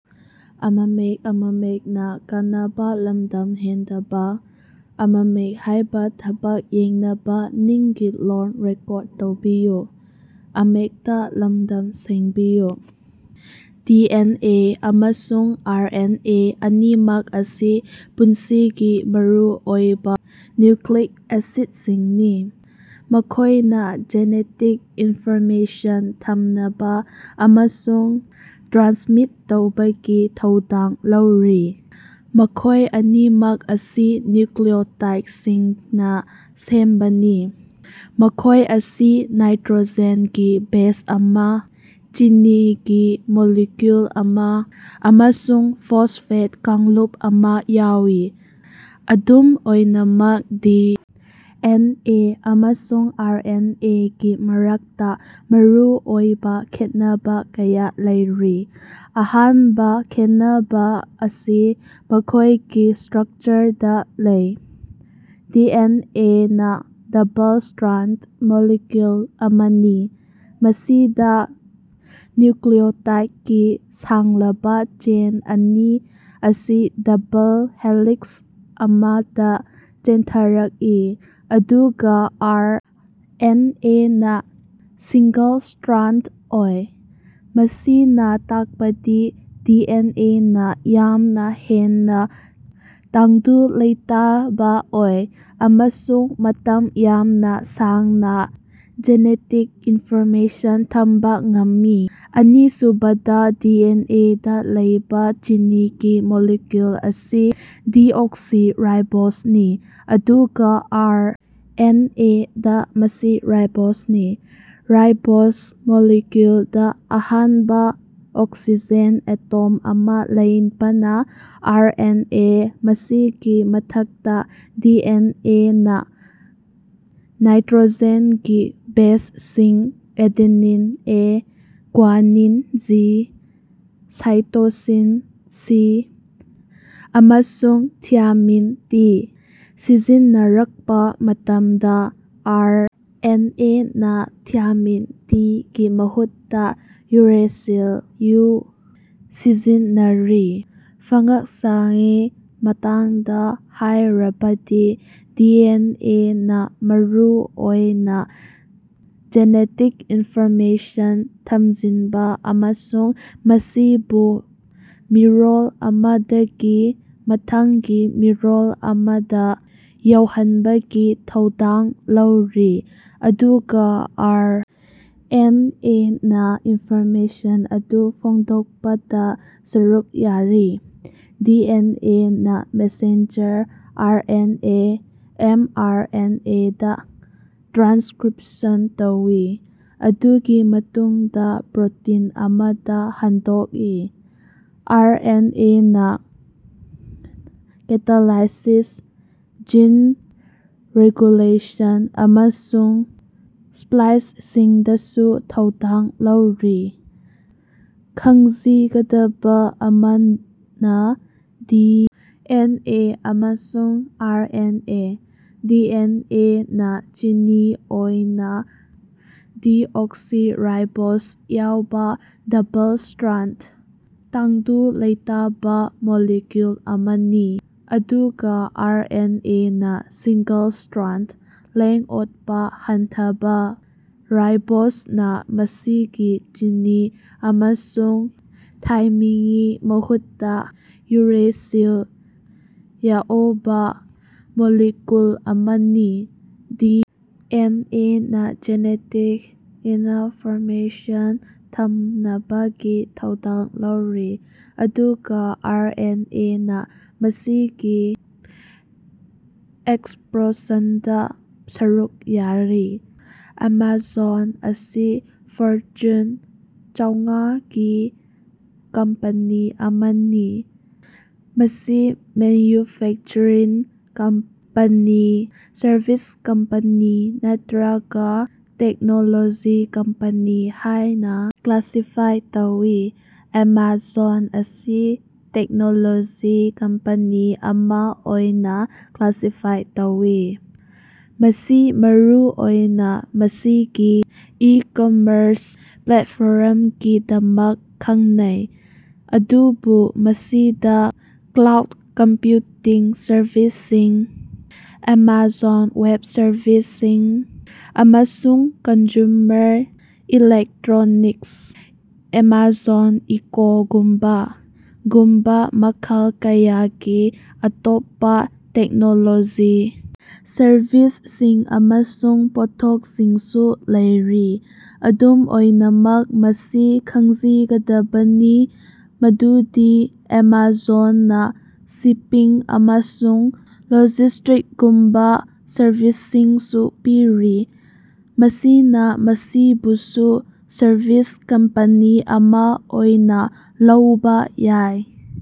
D. N. A. ꯑꯃꯁꯨꯡ R. N. A. ꯑꯅꯤꯃꯛ ꯑꯁꯤ ꯄꯨꯟꯁꯤꯒꯤ ꯃꯔꯨꯑꯣꯏꯕ ꯅ꯭ꯌꯨꯀꯂꯤꯛ ꯑꯦꯁꯤꯠꯁꯤꯡꯅꯤ, ꯃꯈꯣꯏꯅꯥ ꯖꯦꯅꯦꯇꯤꯛ ꯏꯟꯐꯣꯔꯃꯦꯁꯟ ꯊꯝꯅꯕꯥ ꯑꯃꯁꯨꯡ ꯇ꯭ꯔꯥꯟꯁꯃꯤꯠ ꯇꯧꯕꯒꯤ ꯊꯧꯗꯥꯡ ꯂꯧꯔꯤ꯫ ꯃꯈꯣꯏ ꯑꯅꯤꯃꯛ ꯑꯁꯤ ꯅ꯭ꯌꯨꯀꯂꯤꯛꯑꯣꯇꯥꯏꯗꯁꯤꯡꯅꯥ ꯁꯦꯝꯕꯅꯤ, ꯃꯈꯣꯏ ꯑꯁꯤ ꯅꯥꯏꯇꯔꯣꯖꯦꯟꯒꯤ ꯕꯦꯖ ꯑꯃ, ꯆꯤꯅꯤꯒꯤ ꯃꯣꯂꯤꯀꯌꯨꯜ ꯑꯃ ꯑꯃꯁꯨꯡ ꯐꯣꯁꯐꯦꯠ ꯀꯥꯡꯂꯨꯞ ꯑꯃ ꯌꯥꯎꯏ꯫ ꯑꯗꯨꯝ ꯑꯣꯏꯅꯃꯛ ꯗꯤ. ꯑꯦꯟ. ꯑꯦ. ꯑꯃꯁꯨꯡ ꯑꯥꯔ. ꯑꯦꯟ. ꯑꯦ. ꯒꯤ ꯃꯔꯛꯇ ꯃꯔꯨꯑꯣꯏꯕ ꯈꯦꯠꯅꯕꯥ ꯀꯌꯥ ꯂꯩꯔꯤ꯫ ꯑꯍꯥꯟꯕ ꯈꯦꯟꯅꯕꯥ ꯑꯁꯤ ꯃꯈꯣꯏꯒꯤ ꯁ꯭ꯇꯔꯛꯆꯔꯗꯥ ꯂꯩ꯫ ꯗꯤ. ꯑꯦꯟ. ꯑꯦ. ꯅꯥ ꯗꯕꯜ-ꯁ꯭ꯇꯔꯦꯟꯗ ꯃꯣꯂꯤꯀꯌꯨꯜ ꯑꯃꯅꯤ, ꯃꯁꯤꯗ ꯅ꯭ꯌꯨꯀꯂꯤꯛꯑꯣꯇꯥꯏꯗꯀꯤ ꯁꯥꯡꯂꯕ ꯆꯦꯟ ꯑꯅꯤ ꯑꯁꯤ ꯗꯕꯜ ꯍꯦꯂꯤꯛꯁ ꯑꯃꯗ ꯆꯦꯟꯊꯔꯛꯏ, ꯑꯗꯨꯒ ꯑꯥꯔ. ꯑꯦꯟ. ꯑꯦ. ꯅꯥ ꯁꯤꯡꯅꯦꯜ-ꯁ꯭ꯇꯔꯦꯟꯗ ꯑꯣꯏ꯫ ꯃꯁꯤꯅ ꯇꯥꯛꯄꯗꯤ ꯗꯤ. ꯑꯦꯟ. ꯑꯦ. ꯅꯥ ꯌꯥꯝꯅ ꯍꯦꯟꯅꯥ ꯇꯪꯗꯨ ꯂꯩꯇꯥꯕ ꯑꯣꯏ ꯑꯃꯁꯨꯡ ꯃꯇꯝ ꯌꯥꯝꯅ ꯁꯥꯡꯅ ꯖꯦꯅꯦꯇꯤꯛ ꯏꯟꯐꯣꯔꯃꯦꯁꯟ ꯊꯝꯕꯥ ꯉꯝꯃꯤ꯫ ꯑꯅꯤꯁꯨꯕꯗꯥ, ꯗꯤ. ꯑꯦꯟ. ꯑꯦ. ꯗꯥ ꯂꯩꯕ ꯆꯤꯅꯤꯒꯤ ꯃꯣꯂꯤꯀꯌꯨꯜ ꯑꯁꯤ ꯗꯤꯑꯣꯛꯁꯤꯔꯥꯏꯕꯣꯖꯅꯤ, ꯑꯗꯨꯒ ꯑꯥꯔ. ꯑꯦꯟ. ꯑꯦ. ꯗꯥ, ꯃꯁꯤ ꯔꯥꯏꯕꯣꯖꯅꯤ꯫ ꯔꯥꯏꯕꯣꯖ ꯃꯣꯂꯤꯀꯌꯨꯜꯗ ꯑꯍꯦꯟꯕ ꯑꯣꯛꯁꯤꯖꯦꯟ ꯑꯦꯇꯣꯝ ꯑꯃ ꯂꯩꯕꯅ ꯑꯥꯔ. ꯑꯦꯟ. ꯑꯦ. ꯃꯁꯤꯒꯤ ꯃꯊꯛꯇ, ꯗꯤ. ꯑꯦꯟ. ꯑꯦ. ꯅꯥ ꯅꯥꯏꯇꯔꯣꯖꯦꯟꯒꯤ ꯕꯦꯖꯁꯤꯡ adenine (A), guanine (G), cytosine (C), ꯑꯃꯁꯨꯡ ꯊꯥꯏꯃꯤꯟ (ꯇꯤ) ꯁꯤꯖꯤꯟꯅꯔꯛꯄꯥ ꯃꯇꯝꯗ, ꯑꯥꯔ. ꯑꯦꯟ. ꯑꯦ. ꯅꯥ ꯊꯥꯏꯃꯤꯟ (ꯇꯤ)ꯒꯤ ꯃꯍꯨꯠꯇ ꯌꯨꯔꯦꯁꯤꯜ (ꯌꯨ) ꯁꯤꯖꯤꯟꯅꯔꯤ꯫ ꯐꯉ꯭ꯀꯁꯉꯤ ꯃꯇꯥꯡꯗ ꯍꯥꯏꯔꯕꯗ, ꯗꯤ. ꯑꯦꯟ. ꯑꯦ. ꯅꯥ ꯃꯔꯨ ꯑꯣꯏꯅ ꯖꯦꯅꯦꯇꯤꯛ ꯏꯟꯐꯣꯔꯃꯦꯁꯟ ꯊꯝꯖꯤꯟꯕ ꯑꯃꯁꯨꯡ ꯃꯁꯤꯕꯨ ꯃꯤꯔꯣꯜ ꯑꯃꯗꯒꯤ ꯃꯊꯪꯒꯤ ꯃꯤꯔꯣꯜ ꯑꯃꯗ ꯌꯧꯍꯟꯕꯒꯤ ꯊꯧꯗꯥꯡ ꯂꯧꯔꯤ, ꯑꯗꯨꯒ ꯑꯥꯔ. ꯑꯦꯟ. ꯑꯦ. ꯅꯥ ꯏꯟꯐꯣꯔꯃꯦꯁꯟ ꯑꯗꯨ ꯐꯣꯡꯗꯣꯛꯄꯗ ꯁꯔꯨꯛ ꯌꯥꯔꯤ꯫ ꯗꯤ. ꯑꯦꯟ. ꯑꯦ. ꯅꯥ messenger R. N. A. (M. R. N. ꯑꯦ.)ꯗꯥ ꯇ꯭ꯔꯥꯟꯁꯀꯔꯤꯞꯁꯟ ꯇꯧꯏ, ꯃꯗꯨꯒꯤ ꯃꯇꯨꯡꯗꯥ ꯄ꯭ꯔꯣꯇꯤꯟ ꯑꯃꯗ ꯍꯟꯗꯣꯛꯏ꯫ ꯑꯥꯔ. ꯑꯦꯟ. ꯑꯦ. ꯅꯥ ꯀꯦꯇꯥꯂꯥꯏꯁꯤꯁ, ꯖꯤꯟ ꯔꯦꯒꯨꯂꯦꯁꯟ ꯑꯃꯁꯨꯡ ꯁ꯭ꯄꯂꯥꯏꯁꯤꯡꯗꯁꯨ ꯊꯧꯗꯥꯡ ꯂꯧꯔꯤ꯫ ꯈꯪꯖꯤꯒꯗꯕꯥ ꯑꯃꯅ, ꯗꯤ. ꯑꯦꯟ. ꯑꯦ. ꯑꯃꯁꯨꯡ R. N. A. D. N. A. ꯅꯥ ꯆꯤꯅꯤ ꯑꯣꯏꯅ ꯗꯤꯑꯣꯛꯁꯤꯔꯥꯏꯕꯣꯖ ꯌꯥꯎꯕ ꯗꯕꯜ-ꯁ꯭ꯇꯔꯦꯟꯗ, ꯇꯪꯗꯨ ꯂꯩꯇꯥꯕ ꯃꯣꯂꯤꯀꯌꯨꯜ ꯑꯃꯅꯤ, ꯑꯗꯨꯒ ꯑꯥꯔ. ꯑꯦꯟ. ꯑꯦ. ꯅꯥ ꯁꯤꯡꯒꯜ-ꯁ꯭ꯇꯔꯦꯟꯗ, ꯂꯦꯡ-ꯑꯣꯠꯄꯥ ꯍꯟꯊꯕꯥ, ꯔꯥꯏꯕꯣꯖꯅ ꯃꯁꯤꯒꯤ ꯆꯤꯅꯤ ꯑꯃꯁꯨꯡ ꯊꯥꯏꯃꯤꯉꯤ ꯃꯍꯨꯠꯇꯥ ꯌꯨꯔꯦꯁꯤꯜ ꯌꯥꯑꯣꯕꯥ ꯃꯣꯂꯤꯛꯌꯨꯜ ꯑꯃꯅꯤ꯫ ꯗꯤ. ꯑꯦꯟ. ꯑꯦ. ꯅꯥ ꯖꯦꯅꯦꯇꯤꯛ ꯏꯅꯐꯣꯔꯃꯦꯁꯟ ꯊꯝꯅꯕꯒꯤ ꯊꯧꯗꯥꯡ ꯂꯧꯔꯤ, ꯑꯗꯨꯒ ꯑꯥꯔ. ꯑꯦꯟ. ꯑꯦ. ꯅꯥ ꯃꯁꯤꯒꯤ ꯑꯦꯛꯁꯄꯔꯦꯁꯟꯗꯥ ꯁꯔꯨꯛ ꯌꯥꯔꯤ꯫ ꯑꯦꯃꯥꯖꯣꯟ ꯑꯁꯤ ꯐꯣꯔꯆꯨꯟ ꯆꯧꯉꯥ ꯒꯤ ꯀꯝꯄꯦꯅꯤ ꯑꯃꯅꯤ꯫ ꯃꯁꯤ ꯃꯦꯟꯌꯨꯐꯦꯛꯆꯔꯤꯡ ꯀꯝꯄꯅꯤ, ꯁꯔꯚꯤꯁ ꯀꯝꯄꯅꯤ ꯅꯠꯇꯔꯒ ꯇꯦꯛꯅꯣꯂꯣꯖꯤ ꯀꯝꯄꯅꯤ ꯍꯥꯏꯅ ꯀ꯭ꯂꯥꯁꯤꯐꯥꯏ ꯇꯧ꯫ ꯑꯦꯃꯥꯖꯣꯟ ꯑꯁꯤ ꯇꯦꯛꯅꯣꯂꯣꯖꯤ ꯀꯝꯄꯦꯅꯤ ꯑꯃ ꯑꯣꯏꯅ ꯀ꯭ꯂꯥꯁꯤꯐꯥꯏ ꯇꯧꯏ꯫ ꯃꯁꯤ ꯃꯔꯨꯑꯣꯏꯅ ꯃꯁꯤꯒꯤ ꯏ-ꯀꯃꯔꯁ ꯄ꯭ꯂꯦꯠꯐꯣꯔꯝꯒꯤꯗꯃꯛ ꯈꯪꯅꯩ, ꯑꯗꯨꯕꯨ ꯃꯁꯤꯗ ꯀ꯭ꯂꯥꯎꯗ ꯀꯝꯄꯌꯨꯇꯤꯡ ꯁꯔꯚꯤꯁꯁꯤꯡ (ꯑꯦꯃꯥꯖꯣꯟ ꯋꯦꯕ ꯁꯔꯕꯤꯁꯁꯤꯡ) ꯑꯃꯁꯨꯡ ꯀꯟꯖꯨꯃꯔ ꯏꯂꯦꯛꯇꯔꯣꯅꯤꯛꯁ (ꯑꯦꯃꯥꯖꯣꯟ ꯏꯀꯣꯒꯨꯝꯕꯥ)ꯒꯨꯝꯕꯥ ꯃꯈꯜ ꯀꯌꯥꯒꯤ ꯑꯇꯣꯞꯄꯥ ꯇꯦꯛꯅꯣꯂꯣꯖꯤ ꯁꯔꯚꯤꯁꯁꯤꯡ ꯑꯃꯁꯨꯡ ꯄꯣꯠꯊꯣꯛꯁꯤꯡꯁꯨ ꯂꯩꯔꯤ꯫ ꯑꯗꯨꯝ ꯑꯣꯏꯅꯃꯛ, ꯃꯁꯤ ꯈꯪꯖꯤꯒꯗꯕꯅꯤ ꯃꯗꯨꯗꯤ ꯑꯦꯃꯥꯖꯣꯟꯅꯥ ꯁꯤꯄꯤꯡ ꯑꯃꯁꯨꯡ ꯂꯣꯖꯤꯁ꯭ꯇꯤꯛꯒꯨꯝꯕꯥ ꯁꯔꯚꯤꯁꯁꯤꯡꯁꯨ ꯄꯤꯔꯤ, ꯃꯁꯤꯅ ꯃꯁꯤꯕꯨꯁꯨ ꯁꯔꯚꯤꯁ ꯀꯝꯄꯦꯅꯤ ꯑꯃ ꯑꯣꯏꯅ ꯂꯧꯕ ꯌꯥꯏ꯫